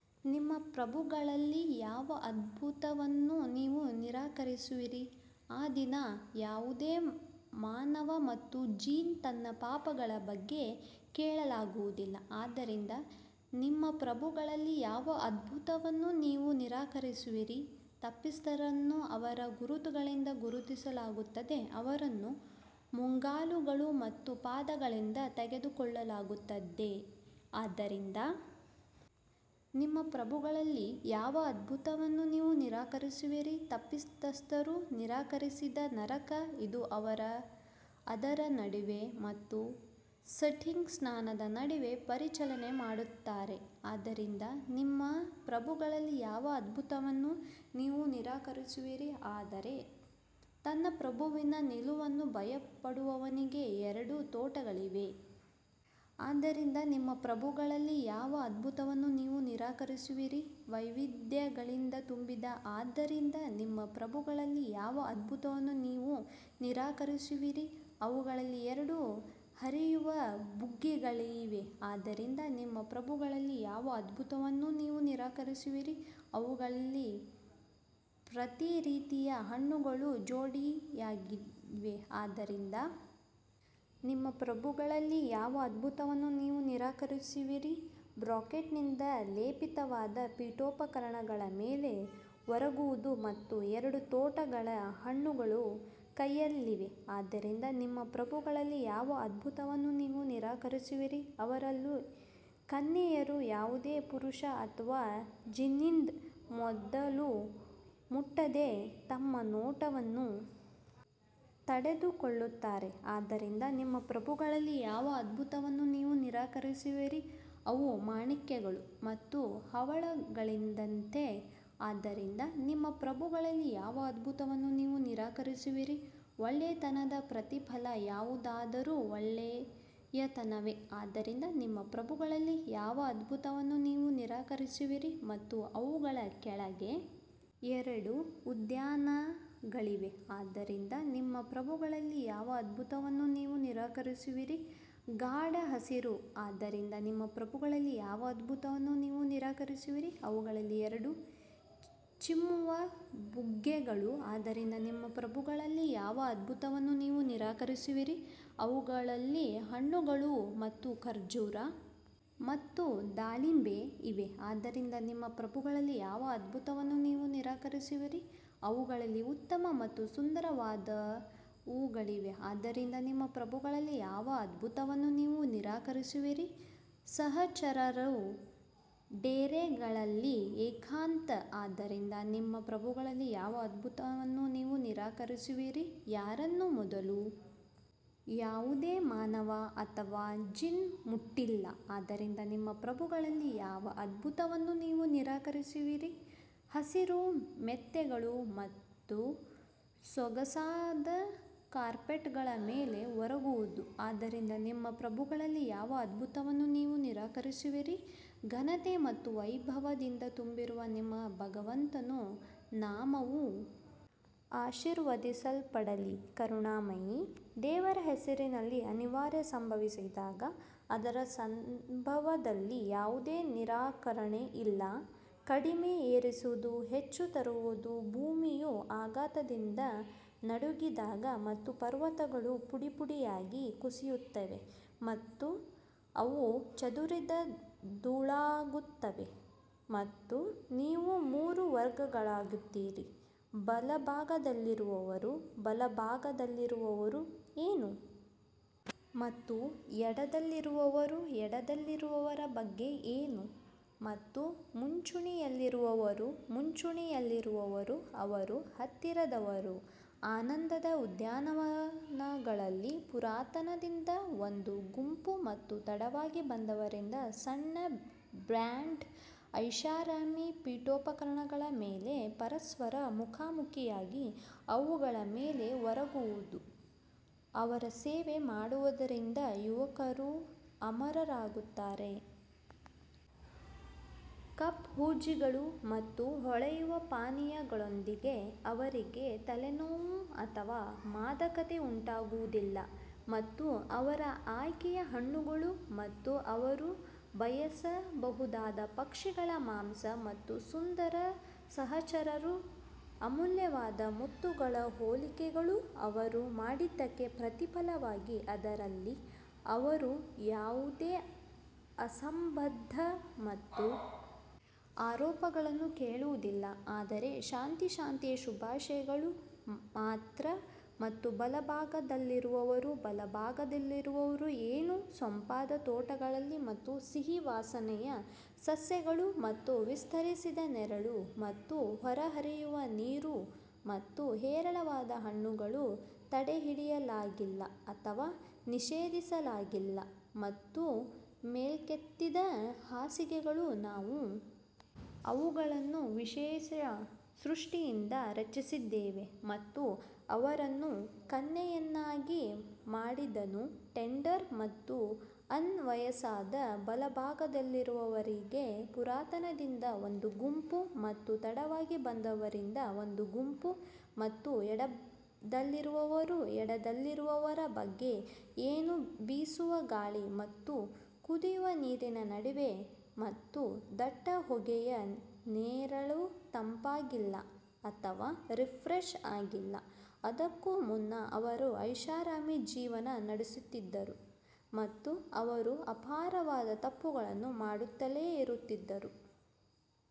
ನಿಮ್ಮ ಪ್ರಭುಗಳಲ್ಲಿ ಯಾವ ಅದ್ಭುತವನ್ನು ನೀವು ನಿರಾಕರಿಸುವಿರಿ ಆ ದಿನ ಯಾವುದೇ ಮಾನವ ಮತ್ತು ಜಿನ್ ತನ್ನ ಪಾಪಗಳ ಬಗ್ಗೆ ಕೇಳಲಾಗುವುದಿಲ್ಲ ಆದ್ದರಿಂದ ನಿಮ್ಮ ಪ್ರಭುಗಳಲ್ಲಿ ಯಾವ ಅದ್ಭುತವನ್ನು ನೀವು ನಿರಾಕರಿಸುವಿರಿ ತಪ್ಪಿತಸ್ಥರನ್ನು ಅವರ ಗುರುತುಗಳಿಂದ ಗುರುತಿಸಲಾಗುತ್ತದೆ, ಅವರನ್ನು ಮುಂಗಾಲುಗಳು ಮತ್ತು ಪಾದಗಳಿಂದ ತೆಗೆದುಕೊಳ್ಳಲಾಗುತ್ತದೆ ಆದ್ದರಿಂದ ನಿಮ್ಮ ಪ್ರಭುಗಳಲ್ಲಿ ಯಾವ ಅದ್ಭುತವನ್ನು ನೀವು ನಿರಾಕರಿಸುವಿರಿ ತಪ್ಪಿತಸ್ಥರು ನಿರಾಕರಿಸಿದ ನರಕ ಇದು ಅವರು ಅದರ ನಡುವೆ ಮತ್ತು ಸೀಥಿಂಗ್ ಸ್ನಾನದ ನಡುವೆ ಪರಿಚಲನೆ ಮಾಡುತ್ತಾರೆ ಆದ್ದರಿಂದ ನಿಮ್ಮ ಪ್ರಭುಗಳಲ್ಲಿ ಯಾವ ಅದ್ಭುತವನ್ನು ನೀವು ನಿರಾಕರಿಸುವಿರಿ ಆದರೆ ತನ್ನ ಪ್ರಭುವಿನ ನಿಲುವನ್ನು ಭಯಪಡುವವನಿಗೆ ಎರಡು ತೋಟಗಳಿವೆ ಆದ್ದರಿಂದ ನಿಮ್ಮ ಪ್ರಭುಗಳಲ್ಲಿ ಯಾವ ಅದ್ಭುತವನ್ನು ನೀವು ನಿರಾಕರಿಸುವಿರಿ ವೈವಿಧ್ಯಗಳಿಂದ ತುಂಬಿದೆ ಆದ್ದರಿಂದ ನಿಮ್ಮ ಪ್ರಭುಗಳಲ್ಲಿ ಯಾವ ಅದ್ಭುತವನ್ನು ನೀವು ನಿರಾಕರಿಸುವಿರಿ ಅವುಗಳಲ್ಲಿ ಎರಡು ಹರಿಯುವ ಬುಗ್ಗೆಗಳಿವೆ ಆದ್ದರಿಂದ ನಿಮ್ಮ ಪ್ರಭುಗಳಲ್ಲಿ ಯಾವ ಅದ್ಭುತವನ್ನು ನೀವು ನಿರಾಕರಿಸುವಿರಿ ಅವುಗಳಲ್ಲಿ ಪ್ರತಿ ರೀತಿಯ ಹಣ್ಣುಗಳು ಜೋಡಿಯಾಗಿವೆ ಆದ್ದರಿಂದ ನಿಮ್ಮ ಪ್ರಭುಗಳಲ್ಲಿ ಯಾವ ಅದ್ಭುತವನ್ನು ನೀವು ನಿರಾಕರಿಸುವಿರಿ ಬ್ರೊಕೇಡ್ನಿಂದ ಲೇಪಿತವಾದ ಪೀಠೋಪಕರಣಗಳ ಮೇಲೆ ಒರಗುವುದು ಮತ್ತು ಎರಡು ತೋಟಗಳ ಹಣ್ಣುಗಳು ಕೈಯಲ್ಲಿವೆ ಆದ್ದರಿಂದ ನಿಮ್ಮ ಪ್ರಭುಗಳಲ್ಲಿ ಯಾವ ಅದ್ಭುತವನ್ನು ನೀವು ನಿರಾಕರಿಸುವಿರಿ ಅವರಲ್ಲಿ ಕನ್ಯೆಯರು ಯಾವುದೇ ಪುರುಷ ಅಥವಾ ಜಿನ್ನಿಂದ ಮೊದಲು ಮುಟ್ಟದೆ ತಮ್ಮ ನೋಟವನ್ನು ತಡೆದುಕೊಳ್ಳುತ್ತಾರೆ ಆದ್ದರಿಂದ ನಿಮ್ಮ ಪ್ರಭುಗಳಲ್ಲಿ ಯಾವ ಅದ್ಭುತವನ್ನು ನೀವು ನಿರಾಕರಿಸುವಿರಿ ಅವು ಮಾಣಿಕ್ಯಗಳು ಮತ್ತು ಹವಳಗಳಿದ್ದಂತೆ ಆದ್ದರಿಂದ ನಿಮ್ಮ ಪ್ರಭುಗಳಲ್ಲಿ ಯಾವ ಅದ್ಭುತವನ್ನು ನೀವು ನಿರಾಕರಿಸುವಿರಿ ಒಳ್ಳೆಯತನದ ಪ್ರತಿಫಲ ಯಾವುದಾದರೂ ಒಳ್ಳೆಯತನವೇ ಆದ್ದರಿಂದ ನಿಮ್ಮ ಪ್ರಭುಗಳಲ್ಲಿ ಯಾವ ಅದ್ಭುತವನ್ನು ನೀವು ನಿರಾಕರಿಸುವಿರಿ ಮತ್ತು ಅವುಗಳ ಕೆಳಗೆ ಎರಡು ಉದ್ಯಾನಗಳಿವೆ ಆದ್ದರಿಂದ ನಿಮ್ಮ ಪ್ರಭುಗಳಲ್ಲಿ ಯಾವ ಅದ್ಭುತವನ್ನು ನೀವು ನಿರಾಕರಿಸುವಿರಿ ಗಾಢ ಹಸಿರು ಆದ್ದರಿಂದ ನಿಮ್ಮ ಪ್ರಭುಗಳಲ್ಲಿ ಯಾವ ಅದ್ಭುತವನ್ನು ನೀವು ನಿರಾಕರಿಸುವಿರಿ ಅವುಗಳಲ್ಲಿ ಎರಡು ಚಿಮ್ಮುವ ಬುಗ್ಗೆಗಳು ಆದ್ದರಿಂದ ನಿಮ್ಮ ಪ್ರಭುಗಳಲ್ಲಿ ಯಾವ ಅದ್ಭುತವನ್ನು ನೀವು ನಿರಾಕರಿಸುವಿರಿ ಅವುಗಳಲ್ಲಿ ಹಣ್ಣುಗಳು ಮತ್ತು ಖರ್ಜೂರ ಮತ್ತು ದಾಳಿಂಬೆ ಇವೆ ಆದ್ದರಿಂದ ನಿಮ್ಮ ಪ್ರಭುಗಳಲ್ಲಿ ಯಾವ ಅದ್ಭುತವನ್ನು ನೀವು ನಿರಾಕರಿಸುವಿರಿ ಅವುಗಳಲ್ಲಿ ಉತ್ತಮ ಮತ್ತು ಸುಂದರವಾದವುಗಳಿವೆ ಆದ್ದರಿಂದ ನಿಮ್ಮ ಪ್ರಭುಗಳಲ್ಲಿ ಯಾವ ಅದ್ಭುತವನ್ನು ನೀವು ನಿರಾಕರಿಸುವಿರಿ ಸಹಚರರು ಡೇರೆಗಳಲ್ಲಿ ಏಕಾಂತ ಆದ್ದರಿಂದ ನಿಮ್ಮ ಪ್ರಭುಗಳಲ್ಲಿ ಯಾವ ಅದ್ಭುತವನ್ನು ನೀವು ನಿರಾಕರಿಸುವಿರಿ ಯಾರನ್ನು ಮೊದಲು ಯಾವುದೇ ಮಾನವ ಅಥವಾ ಜಿನ್ ಮುಟ್ಟಿಲ್ಲ ಆದ್ದರಿಂದ ನಿಮ್ಮ ಪ್ರಭುಗಳಲ್ಲಿ ಯಾವ ಅದ್ಭುತವನ್ನು ನೀವು ನಿರಾಕರಿಸುವಿರಿ ಹಸಿರು ಮೆತ್ತೆಗಳು ಮತ್ತು ಸೊಗಸಾದ ಕಾರ್ಪೆಟ್ಗಳ ಮೇಲೆ ಒರಗುವುದು ಆದ್ದರಿಂದ ನಿಮ್ಮ ಪ್ರಭುಗಳಲ್ಲಿ ಯಾವ ಅದ್ಭುತವನ್ನು ನೀವು ನಿರಾಕರಿಸುವಿರಿ ಘನತೆ ಮತ್ತು ವೈಭವದಿಂದ ತುಂಬಿರುವ ನಿಮ್ಮ ಭಗವಂತನ ನಾಮವು ಆಶೀರ್ವದಿಸಲ್ಪಡಲಿ ಕರುಣಾಮಯಿ ದೇವರ ಹೆಸರಿನಲ್ಲಿ ಅನಿವಾರ್ಯ ಸಂಭವಿಸಿದಾಗ ಅದರ ಸಂಭವದಲ್ಲಿ ಯಾವುದೇ ನಿರಾಕರಣೆ ಇಲ್ಲ ಕಡಿಮೆ ಏರಿಸುವುದು ಹೆಚ್ಚು ತರುವುದು ಭೂಮಿಯು ಆಘಾತದಿಂದ ನಡುಗಿದಾಗ ಮತ್ತು ಪರ್ವತಗಳು ಪುಡಿಪುಡಿಯಾಗಿ ಕುಸಿಯುತ್ತವೆ ಮತ್ತು ಅವು ಚದುರಿದ ಧೂಳಾಗುತ್ತವೆ ಮತ್ತು ನೀವು ಮೂರು ವರ್ಗಗಳಾಗುತ್ತೀರಿ ಬಲಭಾಗದಲ್ಲಿರುವವರು ಬಲಭಾಗದಲ್ಲಿರುವವರು ಏನು ಮತ್ತು ಎಡದಲ್ಲಿರುವವರು ಎಡದಲ್ಲಿರುವವರ ಬಗ್ಗೆ ಏನು ಮತ್ತು ಮುಂಚೂಣಿಯಲ್ಲಿರುವವರು ಮುಂಚೂಣಿಯಲ್ಲಿರುವವರು ಅವರು ಹತ್ತಿರದವರು ಆನಂದದ ಉದ್ಯಾನಗಳಲ್ಲಿ ಪುರಾತನರಿಂದ ಒಂದು ಗುಂಪು ಮತ್ತು ತಡವಾಗಿ ಬಂದವರಿಂದ ಸಣ್ಣ ಬ್ಯಾಂಡ್ ಐಷಾರಾಮಿ ಪೀಠೋಪಕರಣಗಳ ಮೇಲೆ ಪರಸ್ಪರ ಮುಖಾಮುಖಿಯಾಗಿ ಅವುಗಳ ಮೇಲೆ ಒರಗುವುದು ಅವರ ಸೇವೆ ಮಾಡುವುದರಿಂದ ಯುವಕರು ಅಮರರಾಗುತ್ತಾರೆ ಕಪ್ ಹೂಜಿಗಳು ಮತ್ತು ಹೊಳೆಯುವ ಪಾನೀಯಗಳೊಂದಿಗೆ ಅವರಿಗೆ ತಲೆನೋವು ಅಥವಾ ಮಾದಕತೆ ಉಂಟಾಗುವುದಿಲ್ಲ ಮತ್ತು ಅವರ ಆಯ್ಕೆಯ ಹಣ್ಣುಗಳು ಮತ್ತು ಅವರು ಬಯಸಬಹುದಾದ ಪಕ್ಷಿಗಳ ಮಾಂಸ ಮತ್ತು ಸುಂದರ ಸಹಚರರು ಅಮೂಲ್ಯವಾದ ಮುತ್ತುಗಳ ಹೋಲಿಕೆಗಳು ಅವರು ಮಾಡಿದ್ದಕ್ಕೆ ಪ್ರತಿಫಲವಾಗಿ ಅದರಲ್ಲಿ ಅವರು ಯಾವುದೇ ಅಸಂಬದ್ಧ ಮತ್ತು ಆರೋಪಗಳನ್ನು ಕೇಳುವುದಿಲ್ಲ ಆದರೆ ಶಾಂತಿ ಶಾಂತಿಯ ಶುಭಾಶಯಗಳು ಮಾತ್ರ ಮತ್ತು ಬಲಭಾಗದಲ್ಲಿರುವವರು ಬಲಭಾಗದಲ್ಲಿರುವವರು ಏನು ಸೊಂಪಾದ ತೋಟಗಳಲ್ಲಿ ಮತ್ತು ಸಿಹಿ ವಾಸನೆಯ ಸಸ್ಯಗಳು ಮತ್ತು ವಿಸ್ತರಿಸಿದ ನೆರಳು ಮತ್ತು ಹೊರಹರಿಯುವ ನೀರು ಮತ್ತು ಹೇರಳವಾದ ಹಣ್ಣುಗಳು ತಡೆಹಿಡಿಯಲಾಗಿಲ್ಲ ಅಥವಾ ನಿಷೇಧಿಸಲಾಗಿಲ್ಲ ಮತ್ತು ಮೇಲಕ್ಕೆತ್ತಿದ ಹಾಸಿಗೆಗಳು ನಾವು ಅವುಗಳನ್ನು ವಿಶೇಷ ಸೃಷ್ಟಿಯಿಂದ ರಚಿಸಿದ್ದೇವೆ ಮತ್ತು ಅವರನ್ನು ಕನ್ಯೆಯನ್ನಾಗಿ ಮಾಡಿದನು ಟೆಂಡರ್ ಮತ್ತು ಅನ್ ವಯಸ್ಸಾದ ಬಲಭಾಗದಲ್ಲಿರುವವರಿಗೆ ಪುರಾತನರಿಂದ ಒಂದು ಗುಂಪು ಮತ್ತು ತಡವಾಗಿ ಬಂದವರಿಂದ ಒಂದು ಗುಂಪು ಮತ್ತು ಎಡದಲ್ಲಿರುವವರು ಎಡದಲ್ಲಿರುವವರ ಬಗ್ಗೆ ಏನು ಬೀಸುವ ಗಾಳಿ ಮತ್ತು ಕುದಿಯುವ ನೀರಿನ ನಡುವೆ ಮತ್ತು ದಟ್ಟ ಹೊಗೆಯ ನೆರಳು ತಂಪಾಗಿಲ್ಲ ಅಥವಾ ರಿಫ್ರೆಶ್ ಆಗಿಲ್ಲ ಅದಕ್ಕೂ ಮುನ್ನ ಅವರು ಐಷಾರಾಮಿ ಜೀವನ ನಡೆಸುತ್ತಿದ್ದರು ಮತ್ತು ಅವರು ಅಪಾರವಾದ ತಪ್ಪುಗಳನ್ನು ಮಾಡುತ್ತಲೇ ಇರುತ್ತಿದ್ದರು.